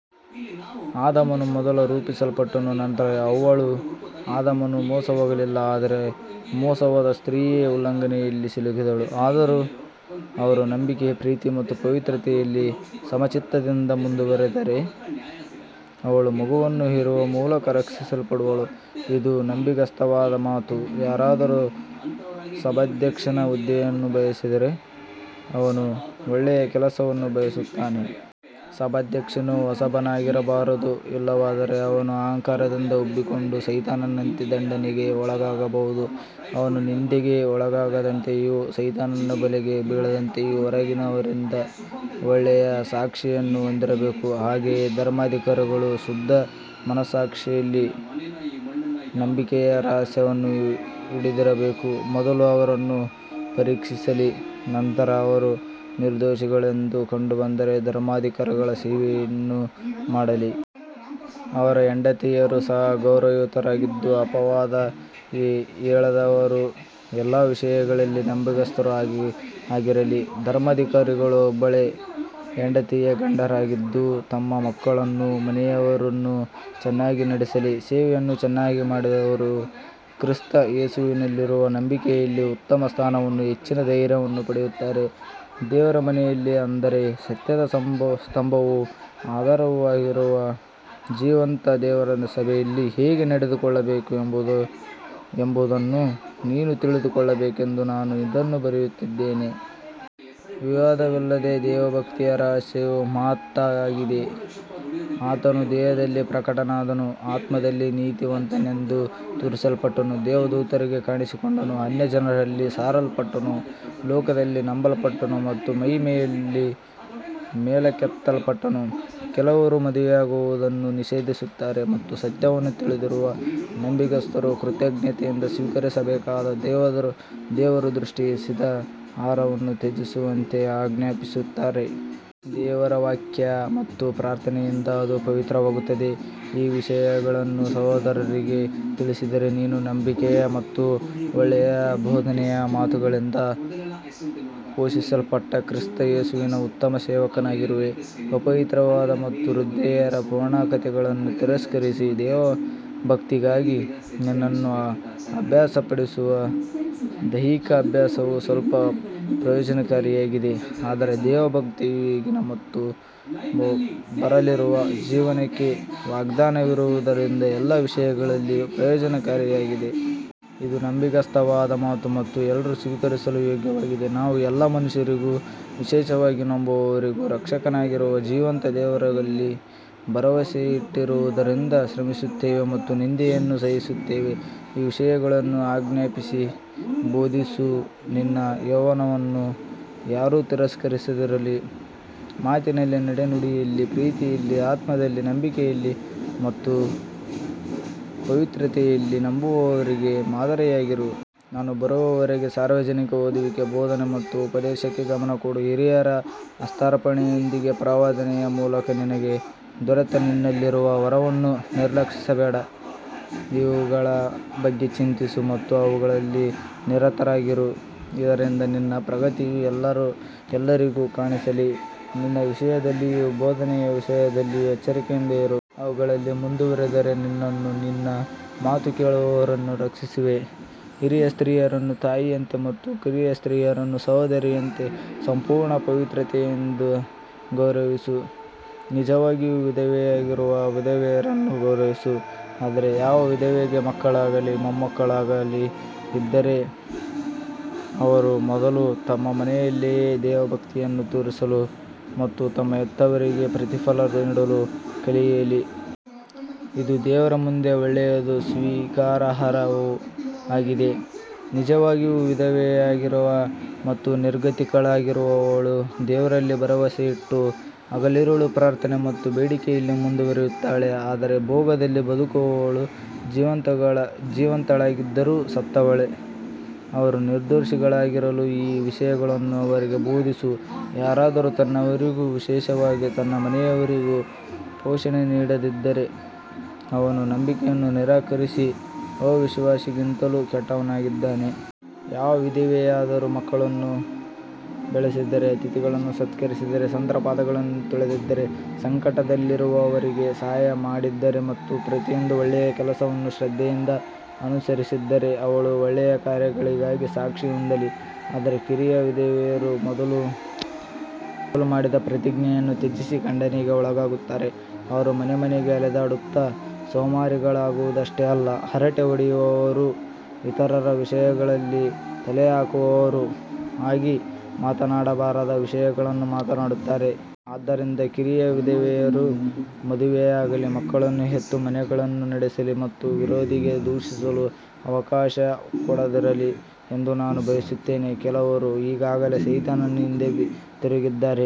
ಆದಾಮನು ಮೊದಲು ರೂಪಿಸಲ್ಪಟ್ಟನು, ನಂತರ ಹವ್ವಳು. ಆದಾಮನು ಮೋಸಹೋಗಲಿಲ್ಲ, ಆದರೆ ಮೋಸಹೋದ ಸ್ತ್ರೀಯೇ ಉಲ್ಲಂಘನೆಯಲ್ಲಿ ಸಿಲುಕಿದಳು. ಆದರೂ ಅವರು ನಂಬಿಕೆ, ಪ್ರೀತಿ ಮತ್ತು ಪವಿತ್ರತೆಯಲ್ಲಿ ಸಮಚಿತ್ತದಿಂದ ಮುಂದುವರಿದರೆ, ಅವಳು ಮಗುವನ್ನು ಹೆರುವ ಮೂಲಕ ರಕ್ಷಿಸಲ್ಪಡುವಳು. ಇದು ನಂಬಿಗಸ್ತವಾದ ಮಾತು. ಯಾರಾದರೂ ಸಭಾಧ್ಯಕ್ಷನ ಹುದ್ದೆಯನ್ನು ಬಯಸಿದರೆ, ಅವನು ಒಳ್ಳೆಯ ಕೆಲಸವನ್ನು ಬಯಸುತ್ತಾನೆ. ಸಭಾಧ್ಯಕ್ಷನು ಹೊಸಬನಾಗಿರಬಾರದು, ಇಲ್ಲವಾದರೆ ಅವನು ಅಹಂಕಾರದಿಂದ ಉಬ್ಬಿಕೊಂಡು ಸೈತಾನನಂತೆ ದಂಡನೆಗೆ ಒಳಗಾಗಬಹುದು. ಅವನು ನಿಂದೆಗೆ ಒಳಗಾಗದಂತೆಯೂ ಸೈತಾನನ ಬಲೆಗೆ ಬೀಳದಂತೆಯೂ ಹೊರಗಿನವರಿಂದ ಒಳ್ಳೆಯ ಸಾಕ್ಷಿಯನ್ನು ಹೊಂದಿರಬೇಕು. ಹಾಗೆಯೇ ಧರ್ಮಾಧಿಕಾರಿಗಳು ಶುದ್ಧ ಮನಸ್ಸಾಕ್ಷಿಯಲ್ಲಿ ನಂಬಿಕೆಯ ರಹಸ್ಯವನ್ನು ಹಿಡಿದಿರಬೇಕು. ಮೊದಲು ಅವರನ್ನು ಪರೀಕ್ಷಿಸಲಿ, ನಂತರ ಅವರು ನಿರ್ದೋಷಿಗಳೆಂದು ಕಂಡುಬಂದರೆ ಧರ್ಮಾಧಿಕಾರಿಗಳ ಸೇವೆಯನ್ನು ಮಾಡಲಿ. ಅವರ ಹೆಂಡತಿಯರು ಸಹ ಗೌರವಯುತರಾಗಿದ್ದು, ಅಪವಾದ ಹೇಳದವರೂ ಎಲ್ಲ ವಿಷಯಗಳಲ್ಲಿ ನಂಬಿಗಸ್ತರೂ ಆಗಿರಲಿ. ಧರ್ಮಾಧಿಕಾರಿಗಳು ಒಬ್ಬಳೇ ಹೆಂಡತಿಯ ಗಂಡಂದಿರಾಗಿದ್ದು, ತಮ್ಮ ಮಕ್ಕಳನ್ನೂ ಮನೆಯವರನ್ನೂ ಚೆನ್ನಾಗಿ ನಡೆಸಲಿ. ಸೇವೆಯನ್ನು ಚೆನ್ನಾಗಿ ಮಾಡಿದವರು ಕ್ರಿಸ್ತ ಯೇಸುವಿನಲ್ಲಿರುವ ನಂಬಿಕೆಯಲ್ಲಿ ಉತ್ತಮ ಸ್ಥಾನವನ್ನೂ ಹೆಚ್ಚಿನ ಧೈರ್ಯವನ್ನೂ ಪಡೆಯುತ್ತಾರೆ. ದೇವರ ಮನೆಯಲ್ಲಿ, ಅಂದರೆ ಸತ್ಯದ ಸ್ತಂಭವೂ ಆಧಾರವೂ ಆಗಿರುವ ಜೀವಂತ ದೇವರ ಸಭೆಯಲ್ಲಿ, ಹೇಗೆ ನಡೆದುಕೊಳ್ಳಬೇಕು ಎಂಬುದನ್ನು ನೀನು ತಿಳಿದುಕೊಳ್ಳಬೇಕೆಂದು ನಾನು ಇದನ್ನು ಬರೆಯುತ್ತಿದ್ದೇನೆ. ವಿವಾದವಿಲ್ಲದೆ ದೇವಭಕ್ತಿಯ ರಹಸ್ಯವು ಮಹತ್ತಾಗಿದೆ. ಆತನು ದೇಹದಲ್ಲಿ ಪ್ರಕಟನಾದನು, ಆತ್ಮದಲ್ಲಿ ನೀತಿವಂತನೆಂದು ತೋರಿಸಲ್ಪಟ್ಟನು, ದೇವದೂತರಿಗೆ ಕಾಣಿಸಿಕೊಂಡನು, ಅನ್ಯಜನರಲ್ಲಿ ಸಾರಲ್ಪಟ್ಟನು, ಲೋಕದಲ್ಲಿ ನಂಬಲ್ಪಟ್ಟನು ಮತ್ತು ಮಹಿಮೆಯಲ್ಲಿ ಮೇಲಕ್ಕೆತ್ತಲ್ಪಟ್ಟನು. ಕೆಲವರು ಮದುವೆಯಾಗುವುದನ್ನು ನಿಷೇಧಿಸುತ್ತಾರೆ ಮತ್ತು ಸತ್ಯವನ್ನು ತಿಳಿದಿರುವ ನಂಬಿಗಸ್ತರು ಕೃತಜ್ಞತೆಯಿಂದ ಸ್ವೀಕರಿಸಬೇಕಾದ ದೇವರು ಸೃಷ್ಟಿಸಿದ ಆಹಾರವನ್ನು ತ್ಯಜಿಸುವಂತೆ ಆಜ್ಞಾಪಿಸುತ್ತಾರೆ. ದೇವರ ವಾಕ್ಯ ಮತ್ತು ಪ್ರಾರ್ಥನೆಯಿಂದ ಅದು ಪವಿತ್ರವಾಗುತ್ತದೆ. ಈ ವಿಷಯಗಳನ್ನು ಸಹೋದರರಿಗೆ ತಿಳಿಸಿದರೆ, ನೀನು ನಂಬಿಕೆಯ ಮತ್ತು ಒಳ್ಳೆಯ ಬೋಧನೆಯ ಮಾತುಗಳಿಂದ ಪೋಷಿಸಲ್ಪಟ್ಟ ಕ್ರಿಸ್ತ ಯೇಸುವಿನ ಉತ್ತಮ ಸೇವಕನಾಗಿರುವೆ. ಅಪವಿತ್ರವಾದ ಮತ್ತು ವೃದ್ಧೆಯರ ಪುರಾಣಕಥೆಗಳನ್ನು ತಿರಸ್ಕರಿಸಿ, ದೇವಭಕ್ತಿಗಾಗಿ ನಿನ್ನನ್ನು ಅಭ್ಯಾಸಪಡಿಸು. ದೈಹಿಕ ಅಭ್ಯಾಸವು ಸ್ವಲ್ಪ ಪ್ರಯೋಜನಕಾರಿಯಾಗಿದೆ, ಆದರೆ ದೇವಭಕ್ತಿಯು ಈಗಿನ ಮತ್ತು ಬರಲಿರುವ ಜೀವನಕ್ಕೆ ವಾಗ್ದಾನವಿರುವುದರಿಂದ ಎಲ್ಲ ವಿಷಯಗಳಲ್ಲಿಯೂ ಪ್ರಯೋಜನಕಾರಿಯಾಗಿದೆ. ಇದು ನಂಬಿಗಸ್ತವಾದ ಮಾತು ಮತ್ತು ಎಲ್ಲರೂ ಸ್ವೀಕರಿಸಲು ಯೋಗ್ಯವಾಗಿದೆ. ನಾವು ಎಲ್ಲ ಮನುಷ್ಯರಿಗೂ, ವಿಶೇಷವಾಗಿ ನಂಬುವವರಿಗೆ ರಕ್ಷಕನಾಗಿರುವ ಜೀವಂತ ದೇವರಲ್ಲಿ ಭರವಸೆಯಿಟ್ಟಿರುವುದರಿಂದ ಶ್ರಮಿಸುತ್ತೇವೆ ಮತ್ತು ನಿಂದೆಯನ್ನು ಸಹಿಸುತ್ತೇವೆ. ಈ ವಿಷಯಗಳನ್ನು ಆಜ್ಞಾಪಿಸಿ ಬೋಧಿಸು. ನಿನ್ನ ಯೌವನವನ್ನು ಯಾರೂ ತಿರಸ್ಕರಿಸದಿರಲಿ. ಮಾತಿನಲ್ಲಿ, ನಡೆನುಡಿಯಲ್ಲಿ, ಪ್ರೀತಿಯಲ್ಲಿ, ಆತ್ಮದಲ್ಲಿ, ನಂಬಿಕೆಯಲ್ಲಿ ಮತ್ತು ಪವಿತ್ರತೆಯಲ್ಲಿ ನಂಬುವವರಿಗೆ ಮಾದರಿಯಾಗಿರು. ನಾನು ಬರುವವರೆಗೆ ಸಾರ್ವಜನಿಕ ಓದುವಿಕೆ, ಬೋಧನೆ ಮತ್ತು ಉಪದೇಶಕ್ಕೆ ಗಮನಕೊಡು. ಹಿರಿಯರ ಹಸ್ತಾರ್ಪಣೆಯೊಂದಿಗೆ ಪ್ರವಾದನೆಯ ಮೂಲಕ ನಿನಗೆ ದೊರೆತ ನಿನ್ನಲ್ಲಿರುವ ವರವನ್ನು ನಿರ್ಲಕ್ಷಿಸಬೇಡ. ಇವುಗಳ ಬಗ್ಗೆ ಚಿಂತಿಸು ಮತ್ತು ಅವುಗಳಲ್ಲಿ ನಿರತರಾಗಿರು, ಇದರಿಂದ ನಿನ್ನ ಪ್ರಗತಿಯು ಎಲ್ಲರಿಗೂ ಕಾಣಿಸಲಿ. ನಿನ್ನ ವಿಷಯದಲ್ಲಿಯೂ ಬೋಧನೆಯ ವಿಷಯದಲ್ಲಿಯೂ ಎಚ್ಚರಿಕೆಯಿಂದಿರು. ಅವುಗಳಲ್ಲಿ ಮುಂದುವರಿದರೆ ನಿನ್ನನ್ನೂ ನಿನ್ನ ಮಾತು ಕೇಳುವವರನ್ನೂ ರಕ್ಷಿಸುವೆ. ಹಿರಿಯ ಸ್ತ್ರೀಯರನ್ನು ತಾಯಿಯಂತೆ ಮತ್ತು ಕಿರಿಯ ಸ್ತ್ರೀಯರನ್ನು ಸಹೋದರಿಯರಂತೆ ಸಂಪೂರ್ಣ ಪವಿತ್ರತೆಯಿಂದ ಗೌರವಿಸು. ನಿಜವಾಗಿಯೂ ವಿಧವೆಯಾಗಿರುವ ವಿಧವೆಯರನ್ನು ಗೌರವಿಸು. ಆದರೆ ಯಾವ ವಿಧವೆಗೆ ಮಕ್ಕಳಾಗಲಿ ಮೊಮ್ಮಕ್ಕಳಾಗಲಿ ಇದ್ದರೆ, ಅವರು ಮೊದಲು ತಮ್ಮ ಮನೆಯಲ್ಲಿಯೇ ದೇವಭಕ್ತಿಯನ್ನು ತೋರಿಸಲು ಮತ್ತು ತಮ್ಮ ಹೆತ್ತವರಿಗೆ ಪ್ರತಿಫಲ ನೀಡಲು ಕಲಿಯಲಿ. ಇದು ದೇವರ ಮುಂದೆ ಒಳ್ಳೆಯದೂ ಸ್ವೀಕಾರಾರ್ಹವೂ ಆಗಿದೆ. ನಿಜವಾಗಿಯೂ ವಿಧವೆಯಾಗಿರುವ ಮತ್ತು ನಿರ್ಗತಿಕಳಾಗಿರುವವಳು ದೇವರಲ್ಲಿ ಭರವಸೆಯಿಟ್ಟು ಹಗಲಿರುಳು ಪ್ರಾರ್ಥನೆ ಮತ್ತು ಬೇಡಿಕೆಯಲ್ಲಿ ಮುಂದುವರಿಯುತ್ತಾಳೆ. ಆದರೆ ಭೋಗದಲ್ಲಿ ಬದುಕುವವಳು ಜೀವಂತಳಾಗಿದ್ದರೂ ಸತ್ತವಳೇ. ಅವರು ನಿರ್ದೋಷಿಗಳಾಗಿರಲು ಈ ವಿಷಯಗಳನ್ನು ಅವರಿಗೆ ಬೋಧಿಸು. ಯಾರಾದರೂ ತನ್ನವರಿಗೂ ವಿಶೇಷವಾಗಿ ತನ್ನ ಮನೆಯವರಿಗೂ ಪೋಷಣೆ ನೀಡದಿದ್ದರೆ, ಅವನು ನಂಬಿಕೆಯನ್ನು ನಿರಾಕರಿಸಿ ಅವಿಶ್ವಾಸಿಗಿಂತಲೂ ಕೆಟ್ಟವನಾಗಿದ್ದಾನೆ. ಯಾವ ವಿಧವೆಯಾದರೂ ಮಕ್ಕಳನ್ನು ಬೆಳೆಸಿದ್ದರೆ, ಅತಿಥಿಗಳನ್ನು ಸತ್ಕರಿಸಿದ್ದರೆ, ಸಂತರ ಪಾದಗಳನ್ನು ತೊಳೆದಿದ್ದರೆ, ಸಂಕಟದಲ್ಲಿರುವವರಿಗೆ ಸಹಾಯಮಾಡಿದ್ದರೆ ಮತ್ತು ಪ್ರತಿಯೊಂದು ಒಳ್ಳೆಯ ಕೆಲಸವನ್ನು ಶ್ರದ್ಧೆಯಿಂದ ಅನುಸರಿಸಿದ್ದರೆ, ಅವಳು ಒಳ್ಳೆಯ ಕಾರ್ಯಗಳಿಗಾಗಿ ಸಾಕ್ಷಿ ಹೊಂದಲಿ. ಆದರೆ ಕಿರಿಯ ವಿಧವೆಯರು ಮೊದಲು ಮಾಡಿದ ಪ್ರತಿಜ್ಞೆಯನ್ನು ತ್ಯಜಿಸಿ ಖಂಡನೆಗೆ ಒಳಗಾಗುತ್ತಾರೆ. ಅವರು ಮನೆಮನೆಗೆ ಅಲೆದಾಡುತ್ತಾ ಸೋಮಾರಿಗಳಾಗುವುದಷ್ಟೇ ಅಲ್ಲ, ಹರಟೆ ಹೊಡೆಯುವವರೂ ಇತರರ ವಿಷಯಗಳಲ್ಲಿ ತಲೆಹಾಕುವವರೂ ಆಗಿ ಮಾತನಾಡಬಾರದ ವಿಷಯಗಳನ್ನು ಮಾತನಾಡುತ್ತಾರೆ. ಆದ್ದರಿಂದ ಕಿರಿಯ ವಿಧವೆಯರು ಮದುವೆಯಾಗಲಿ, ಮಕ್ಕಳನ್ನು ಹೆತ್ತು, ಮನೆಗಳನ್ನು ನಡೆಸಲಿ ಮತ್ತು ವಿರೋಧಿಗೆ ದೂಷಿಸಲು ಅವಕಾಶ ಕೊಡದಿರಲಿ ಎಂದು ನಾನು ಬಯಸುತ್ತೇನೆ. ಕೆಲವರು ಈಗಾಗಲೇ ಸೈತಾನನ ಹಿಂದೆ ತಿರುಗಿದ್ದಾರೆ.